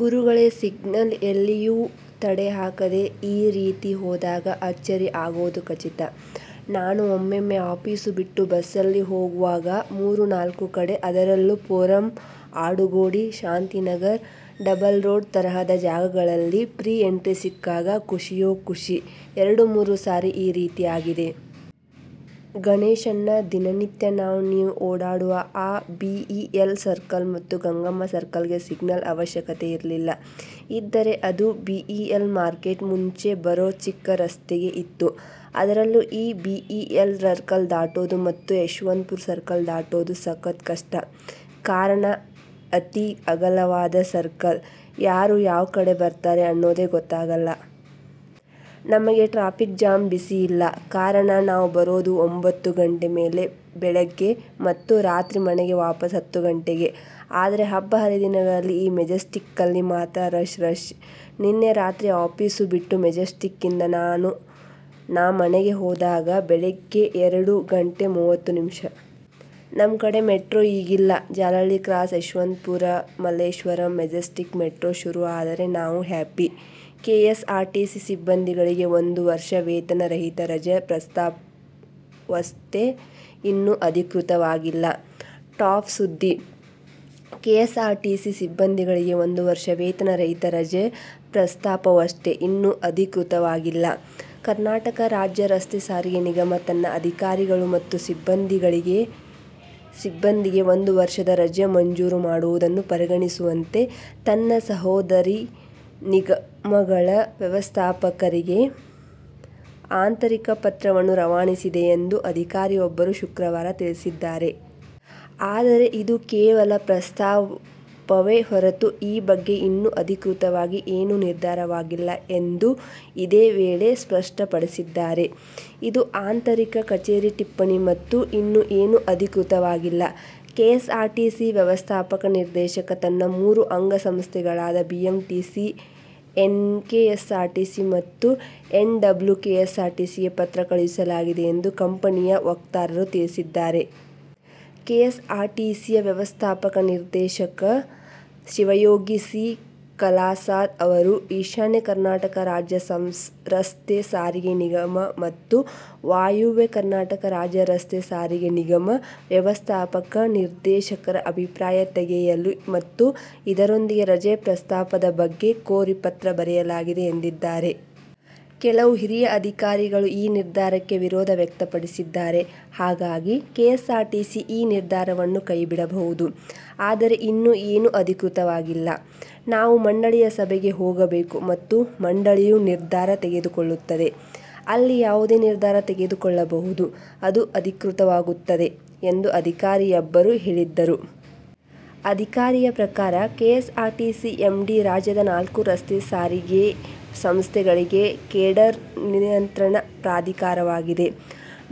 ಗುರುಗಳೇ -ಸಿಗ್ನಲ್ ಎಲ್ಲಿಯೂ ತಡೆ ಹಾಕದೆ ಈ ರೀತಿ ಹೋದಾಗ ಅಚ್ಚರಿ ಆಗೋದು ಖಚಿತ. ನಾನೂ ಒಮ್ಮೊಮ್ಮೆ ಆಫೀಸು ಬಿಟ್ಟು ಬಸ್ಸಲ್ಲಿ ಹೋಗ್ವಾಗ ಮೂರು-ನಾಲ್ಕು ಕಡೆ ಅದರಲ್ಲೂ Forum, Adugodi, Shantinagar double road ತರಹದ ಜಾಗಗಳಲ್ಲಿ ಫ್ರೀ ಎಂಟ್ರಿ ಸಿಕ್ಕಾಗ ಖುಷಿಯೋ ಖುಷಿ ಎರಡು-ಮೂರು ಸಾರಿ ಈ ರೀತಿ ಆಗಿದೆ. ಗಣೇಶ್ ಅಣ್ಣ, ದಿನ ನಿತ್ಯ ನಾವ್ ನೀವ್ ಓಡಾಡುವ ಆ ಬೀ.ಈ.ಎಲ್ ಸರ್ಕಲ್ ಮತ್ತು ಗಂಗಮ್ಮ ಸರ್ಕಲ್ ಗೆ ಸಿಗ್ನಲ್ ಅವಶ್ಯಕತೆ ಇರಲಿಲ್ಲ, ಇದ್ದರೆ ಅದು ಬೀ.ಈ.ಎಲ್ ಮಾರ್ಕೆಟ್ ಮುಂಚೆ ಬರೋ ಚಿಕ್ಕ ರಸ್ತೆಗೆ ಇತ್ತು. ಅದರಲ್ಲೂ ಈ ಬೀ.ಈ.ಎಲ್ ಸರ್ಕಲ್ ದಾಟೋದು ಮತ್ತು ಯಶವಂತಪುರ ಸರ್ಕಲ್ ದಾಟೋದು ಸಖತ್ ಕಷ್ಟ, ಕಾರಣ ಅತಿ ಅಗಲವಾದ ಸರ್ಕಲ್ -ಯಾರು ಯಾವ್ ಕಡೆ ಬರ್ತಾರೆ ಅನ್ನೋದೇ ಗೊತ್ತಾಗೊಲ್ಲ.. ನಮಗೆ ಟ್ರಾಫಿಕ್ ಜಾಮ್ ಬಿಸಿ ಇಲ್ಲ -ಕಾರಣ ನಾವ್ ಬರೋದು ಒಂಭತ್ತು ಗಂಟೆ ಮೇಲೆ ಬೆಳಗ್ಗೆ, ಮತ್ತು ರಾತ್ರಿ ಮನೆಗೆ ವಾಪಸ್ಸು ಹತ್ತು ಗಂಟೆಗೆ. ಆದ್ರೆ ಹಬ್ಬ ಹರಿದಿನಗಳಲ್ಲಿ ಈ ಮೆಜೆಸ್ಟಿಕ್ಕಲ್ಲಿ ಮಾತ್ರ ರಶ್ -ರಶ್. ನಿನ್ನೆ ರಾತ್ರಿ ಆಫೀಸು ಬಿಟ್ಟು ಮೆಜೆಸ್ತಿಕ್ಕಿಂದ ನಾ ಮನೆಗೆ ಹೋದಾಗ ಬೆಳಗ್ಗೆ ಎರಡು ಗಂಟೆ ಮೂವತ್ತು ನಿಮಿಷ. ನಮ್ ಕಡೆ ಮೆಟ್ರೋ ಈಗಿಲ್ಲ -Jalahalli cross -Yeshwantpur -Malleshwaram -Majestic metro ಶುರು ಆದರೆ ನಾವ್ ಹ್ಯಾಪಿ."ಕೆಎಸ್ಆರ್ಟಿಸಿ ಸಿಬ್ಬಂದಿಗಳಿಗೆ ಒಂದು ವರ್ಷ ವೇತನ ರಹಿತ ರಜೆ ಪ್ರಸ್ತಾಪವಷ್ಟೆ, ಇನ್ನೂ ಅಧಿಕೃತವಾಗಿಲ್ಲ" ಟಾಪ್ ಸುದ್ದಿ "ಕೆಎಸ್ಆರ್ಟಿಸಿ ಸಿಬ್ಬಂದಿಗಳಿಗೆ ಒಂದು ವರ್ಷ ವೇತನ ರಹಿತ ರಜೆ ಪ್ರಸ್ತಾಪವಷ್ಟೆ, ಇನ್ನೂ ಅಧಿಕೃತವಾಗಿಲ್ಲ" ಕರ್ನಾಟಕ ರಾಜ್ಯ ರಸ್ತೆ ಸಾರಿಗೆ ನಿಗಮ ತನ್ನ ಅಧಿಕಾರಿಗಳು ಮತ್ತು ಸಿಬ್ಬಂದಿಗೆ ಒಂದು ವರ್ಷದ ರಜೆ ಮಂಜೂರು ಮಾಡುವುದನ್ನು ಪರಿಗಣಿಸುವಂತೆ, ತನ್ನ ಸಹೋದರಿ ನಿಗಮಗಳ ವ್ಯವಸ್ಥಾಪಕರಿಗೆ ಆಂತರಿಕ ಪತ್ರವನ್ನು ರವಾನಿಸಿದೆ ಎಂದು ಅಧಿಕಾರಿಯೊಬ್ಬರು ಶುಕ್ರವಾರ ತಿಳಿಸಿದ್ದಾರೆ. ಆದರೆ, ಇದು ಕೇವಲ ಪ್ರಸ್ತಾಪವೇ ಹೊರತು, ಈ ಬಗ್ಗೆ ಇನ್ನೂ ಅಧಿಕೃತವಾಗಿ ಏನೂ ನಿರ್ಧಾರವಾಗಿಲ್ಲ ಎಂದು ಇದೇ ವೇಳೆ ಸ್ಪಷ್ಟಪಡಿಸಿದ್ದಾರೆ. "ಇದು ಆಂತರಿಕ ಕಚೇರಿ ಟಿಪ್ಪಣಿ ಮತ್ತು ಇನ್ನೂ ಏನೂ ಅಧಿಕೃತವಾಗಿಲ್ಲ. ಕೆಎಸ್ಆರ್ಟಿಸಿ ವ್ಯವಸ್ಥಾಪಕ ನಿರ್ದೇಶಕ ತನ್ನ ಮೂರು ಅಂಗಸಂಸ್ಥೆಗಳಾದ ಬಿಎಂಟಿಸಿ, ಎನ್ಕೆಎಸ್ಆರ್ಟಿಸಿ ಮತ್ತು ಎನ್ ಡಬ್ಲ್ಯೂ ಕೆಎಸ್ಆರ್ಟಿಸಿಗೆ ಪತ್ರ ಕಳುಹಿಸಲಾಗಿದೆ" ಎಂದು ಕಂಪನಿಯ ವಕ್ತಾರರು ತಿಳಿಸಿದ್ದಾರೆ. ಕೆಎಸ್ಆರ್ಟಿಸಿ ವ್ಯವಸ್ಥಾಪಕ ನಿರ್ದೇಶಕ ಶಿವಯೋಗಿ ಸಿ. ಕಲಾಸಾದ್ ಅವರು, ಈಶಾನ್ಯ ಕರ್ನಾಟಕ ರಾಜ್ಯ ರಸ್ತೆ ಸಾರಿಗೆ ನಿಗಮ ಮತ್ತು ವಾಯುವ್ಯ ಕರ್ನಾಟಕ ರಾಜ್ಯ ರಸ್ತೆ ಸಾರಿಗೆ ನಿಗಮ ವ್ಯವಸ್ಥಾಪಕ ನಿರ್ದೇಶಕರ ಅಭಿಪ್ರಾಯ ತೆಗೆಯಲು ಮತ್ತು ಇದರೊಂದಿಗೆ ರಜೆ ಪ್ರಸ್ತಾಪದ ಬಗ್ಗೆ ಕೋರಿ ಪತ್ರ ಬರೆಯಲಾಗಿದೆ ಎಂದಿದ್ದಾರೆ. "ಕೆಲವು ಹಿರಿಯ ಅಧಿಕಾರಿಗಳು ಈ ನಿರ್ಧಾರಕ್ಕೆ ವಿರೋಧ ವ್ಯಕ್ತಪಡಿಸಿದ್ದಾರೆ. ಹಾಗಾಗಿ ಕೆಎಸ್ಆರ್ಟಿಸಿ ಈ ನಿರ್ಧಾರವನ್ನು ಕೈಬಿಡಬಹುದು. ಆದರೆ ಇನ್ನೂ ಏನೂ ಅಧಿಕೃತವಾಗಿಲ್ಲ. ನಾವು ಮಂಡಳಿಯ ಸಭೆಗೆ ಹೋಗಬೇಕು ಮತ್ತು ಮಂಡಳಿಯು ನಿರ್ಧಾರ ತೆಗೆದುಕೊಳ್ಳುತ್ತದೆ. ಅಲ್ಲಿ ಯಾವುದೇ ನಿರ್ಧಾರ ತೆಗೆದುಕೊಳ್ಳಬಹುದು, ಅದು ಅಧಿಕೃತವಾಗುತ್ತದೆ" ಎಂದು ಅಧಿಕಾರಿಯಬ್ಬರು ಹೇಳಿದರು. ಅಧಿಕಾರಿಯ ಪ್ರಕಾರ, ಕೆಎಸ್ಆರ್ಟಿಸಿ ಎಂಡಿ ರಾಜ್ಯದ ನಾಲ್ಕು ರಸ್ತೆ ಸಾರಿಗೆ ಸಂಸ್ಥೆಗಳಿಗೆ ಕೇಡರ್ ನಿಯಂತ್ರಣ ಪ್ರಾಧಿಕಾರವಾಗಿದೆ.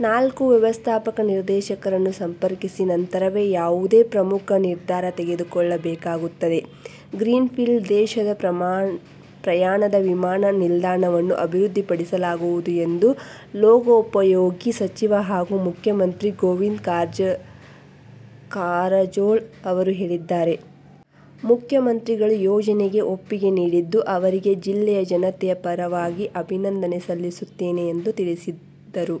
ನಾಲ್ಕು ವ್ಯವಸ್ಥಾಪಕ ನಿರ್ದೇಶಕರನ್ನು ಸಂಪರ್ಕಿಸಿದ ನಂತರವೇ ಯಾವುದೇ ಪ್ರಮುಖ ನಿರ್ಧಾರ ತೆಗೆದುಕೊಳ್ಳಬೇಕಾಗುತ್ತದೆ. ಗ್ರೀನ್ ಫೀಲ್ಡ್ ದೇಶೀಯ ಪ್ರಯಾಣದ ವಿಮಾನ ನಿಲ್ದಾಣವನ್ನು ಅಭಿವೃದ್ಧಿಪಡಿಸಲಾಗುವುದು ಎಂದು ಲೋಕೋಪಯೋಗಿ ಸಚಿವ ಹಾಗೂ ಉಪಮುಖ್ಯಮಂತ್ರಿ ಗೋವಿಂದ ಕಾರಜೋಳ ಅವರು ಹೇಳಿದ್ದಾರೆ. ಮುಖ್ಯಮಂತ್ರಿಗಳು ಯೋಜನೆಗೆ ಒಪ್ಪಿಗೆ ನೀಡಿದ್ದು ಅವರಿಗೆ ಜಿಲ್ಲೆಯ ಜನತೆಯ ಪರವಾಗಿ ಅಭಿನಂದನೆ ಸಲ್ಲಿಸುತ್ತೇನೆ ಎಂದು ತಿಳಿಸಿದರು.